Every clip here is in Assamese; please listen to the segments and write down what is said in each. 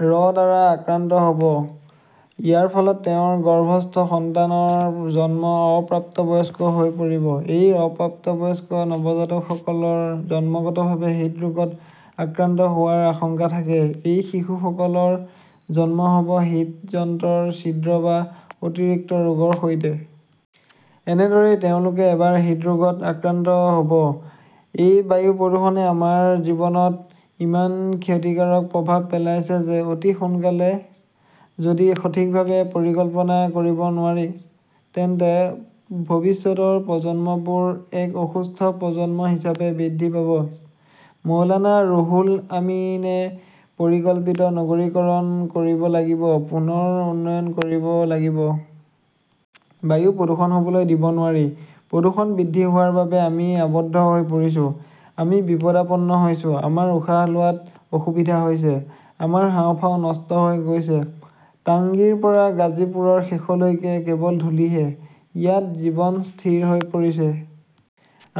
ৰ দ্বাৰা আক্ৰান্ত হ 'ব। ইয়াৰ ফলত তেওঁৰ গৰ্ভস্থ সন্তানৰ জন্ম অপ্ৰাপ্তবয়স্ক হৈ পৰিব। এই অপ্ৰাপ্তবয়স্ক নৱজাতকসকলৰ জন্মগতভাৱে হৃদৰোগত আক্ৰান্ত হোৱাৰ আশংকা থাকে। এই শিশুসকলৰ জন্ম হ’ব হৃদযন্ত্ৰৰ ছিদ্ৰ বা অতিৰিক্ত ৰোগৰ সৈতে। এনেদৰেই তেওঁলোকে এবাৰ হৃদৰোগত আক্ৰান্ত হ’ব। এই বায়ু প্ৰদূষণে আমাৰ জীৱনত ইমান ক্ষতিকাৰক প্ৰভাৱ পেলাইছে যে অতি সোনকালে যদি সঠিকভাৱে পৰিকল্পনা কৰিব নোৱাৰি, তেন্তে ভৱিষ্যতৰ প্ৰজন্মবোৰ এক অসুস্থ প্ৰজন্ম হিচাপে বৃদ্ধি পাব। মৌলানা ৰুহুল আমিনে পৰিকল্পিত নগৰীকৰণ কৰিব লাগিব, পুনৰ উন্নয়ন কৰিব লাগিব। বায়ু প্ৰদূষণ হ’বলৈ দিব নোৱাৰি। প্ৰদূষণ বৃদ্ধি হোৱাৰ বাবে আমি আবদ্ধ হৈ পৰিছো। আমি বিপদাপন্ন হৈছো। আমাৰ উশাহ লোৱাত অসুবিধা হৈছে। আমাৰ হাঁওফাঁও নষ্ট হৈ গৈছে। টাংগীৰ পৰা গাজিপুৰৰ শেষলৈকে কেৱল ধূলিহে। ইয়াত জীৱন স্থিৰ হৈ পৰিছে।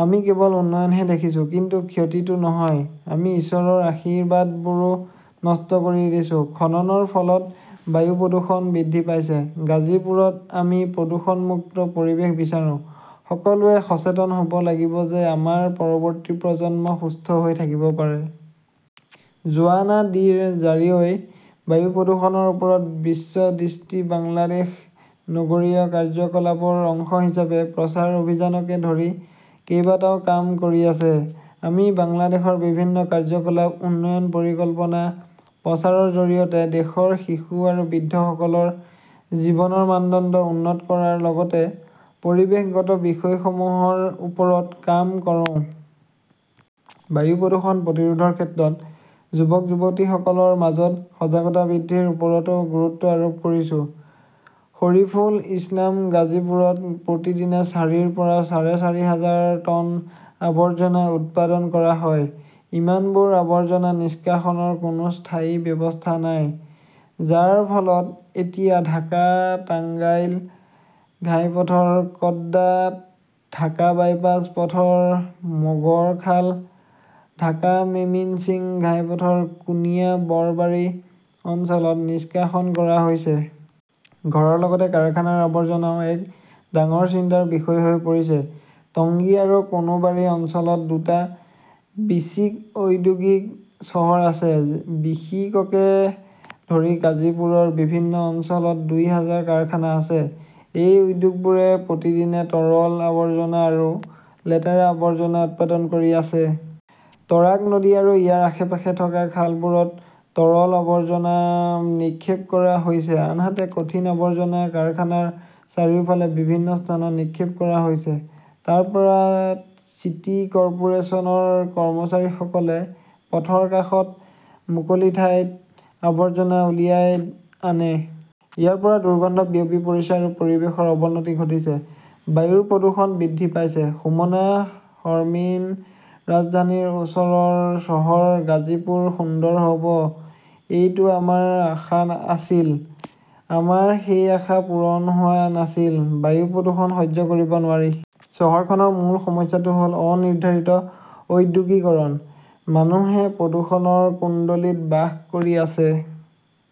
আমি কেৱল উন্নয়নহে দেখিছোঁ, কিন্তু ক্ষতিটো নহয়। আমি ঈশ্বৰৰ আশীৰ্বাদবোৰো নষ্ট কৰি দিছো। খননৰ ফলত বায়ু প্ৰদূষণ বৃদ্ধি পাইছে। গাজিপুৰত আমি প্ৰদূষণমুক্ত পৰিৱেশ বিচাৰো। সকলোৱে সচেতন হ 'ব লাগিব যে আমাৰ পৰৱৰ্তী প্ৰজন্ম সুস্থ হৈ থাকিব পাৰে। জোৱানা ডি ৰ 'জাৰিঅ' ই বায়ু প্ৰদূষণৰ ওপৰত বিশ্ব দৃষ্টি বাংলাদেশ নগৰীয় কাৰ্যকলাপৰ অংশ হিচাপে প্ৰচাৰ অভিযানকে ধৰি কেইবাটাও কাম কৰি আছে। আমি বাংলাদেশৰ বিভিন্ন কাৰ্যকলাপ, উন্নয়ন পৰিকল্পনা, প্ৰচাৰৰ জৰিয়তে দেশৰ শিশু আৰু বৃদ্ধসকলৰ জীৱনৰ মানদণ্ড উন্নত কৰাৰ লগতে পৰিৱেশগত বিষয়সমূহৰ ওপৰত কাম কৰো। বায়ু প্ৰদূষণ প্ৰতিৰোধৰ ক্ষেত্ৰত যুৱক-যুৱতীসকলৰ মাজত সজাগতা বৃদ্ধিৰ ওপৰতো গুৰুত্ব আৰোপ কৰিছো। শৰীফুল ইছলাম গাজীপুৰত প্ৰতিদিনে চাৰিৰ পৰা চাৰে চাৰি হাজাৰ টন আৱৰ্জনা উৎপাদন কৰা হয়। ইমানবোৰ আৱৰ্জনা নিষ্কাশনৰ কোনো স্থায়ী ব্যৱস্থা নাই, যাৰ ফলত এতিয়া ঢাকা-টাঙ্গাইল ঘাইপথৰ কড্ডা, ঢাকা-বাইপাছ পথৰ মোগৰখাল, ঢাকা-মেমিন্সিং ঘাইপথৰ কুনিয়া বৰবাৰী অঞ্চলত নিষ্কাশন কৰা হৈছে। ঘৰৰ লগতে কাৰখানাৰ আৱৰ্জনাও এক ডাঙৰ চিন্তাৰ বিষয় হৈ পৰিছে। টংগী আৰু কোনাবাৰী অঞ্চলত দুটা বিচিক ঔদ্যোগিক চহৰ আছে। বিসিককে ধৰি গাজীপুৰৰ বিভিন্ন অঞ্চলত দুই হাজাৰ কাৰখানা আছে। এই উদ্যোগবোৰে প্ৰতিদিনে তৰল আৱৰ্জনা আৰু লেতেৰা আৱৰ্জনা উৎপাদন কৰি আছে। তৰাগ নদী আৰু ইয়াৰ আশে-পাশে থকা খালবোৰত তৰল আৱৰ্জনা নিক্ষেপ কৰা হৈছে, আনহাতে কঠিন আৱৰ্জনা কাৰখানাৰ চাৰিওফালে বিভিন্ন স্থানত নিক্ষেপ কৰা হৈছে। তাৰ পৰা চিটি কৰ্পোৰেচনৰ কৰ্মচাৰীসকলে পথৰ কাষত মুকলি ঠাইত আৱৰ্জনা উলিয়াই আনে। ইয়াৰ পৰা দুৰ্গন্ধ বিয়পি পৰিছে আৰু পৰিৱেশৰ অৱনতি ঘটিছে। বায়ু প্ৰদূষণ বৃদ্ধি পাইছে। সুমনা শৰ্মিন ৰাজধানীৰ ওচৰৰ চহৰ গাজীপুৰ সুন্দৰ হ 'ব এইটো আমাৰ আশা আছিল। আমাৰ সেই আশা পূৰণ হোৱা নাছিল। বায়ু প্ৰদূষণ সহ্য কৰিব নোৱাৰি। চহৰখনৰ মূল সমস্যাটো হ’ল অনিৰ্ধাৰিত ঔদ্যোগিকৰণ। মানুহে প্ৰদূষণৰ কুণ্ডলীত বাস কৰি আছে।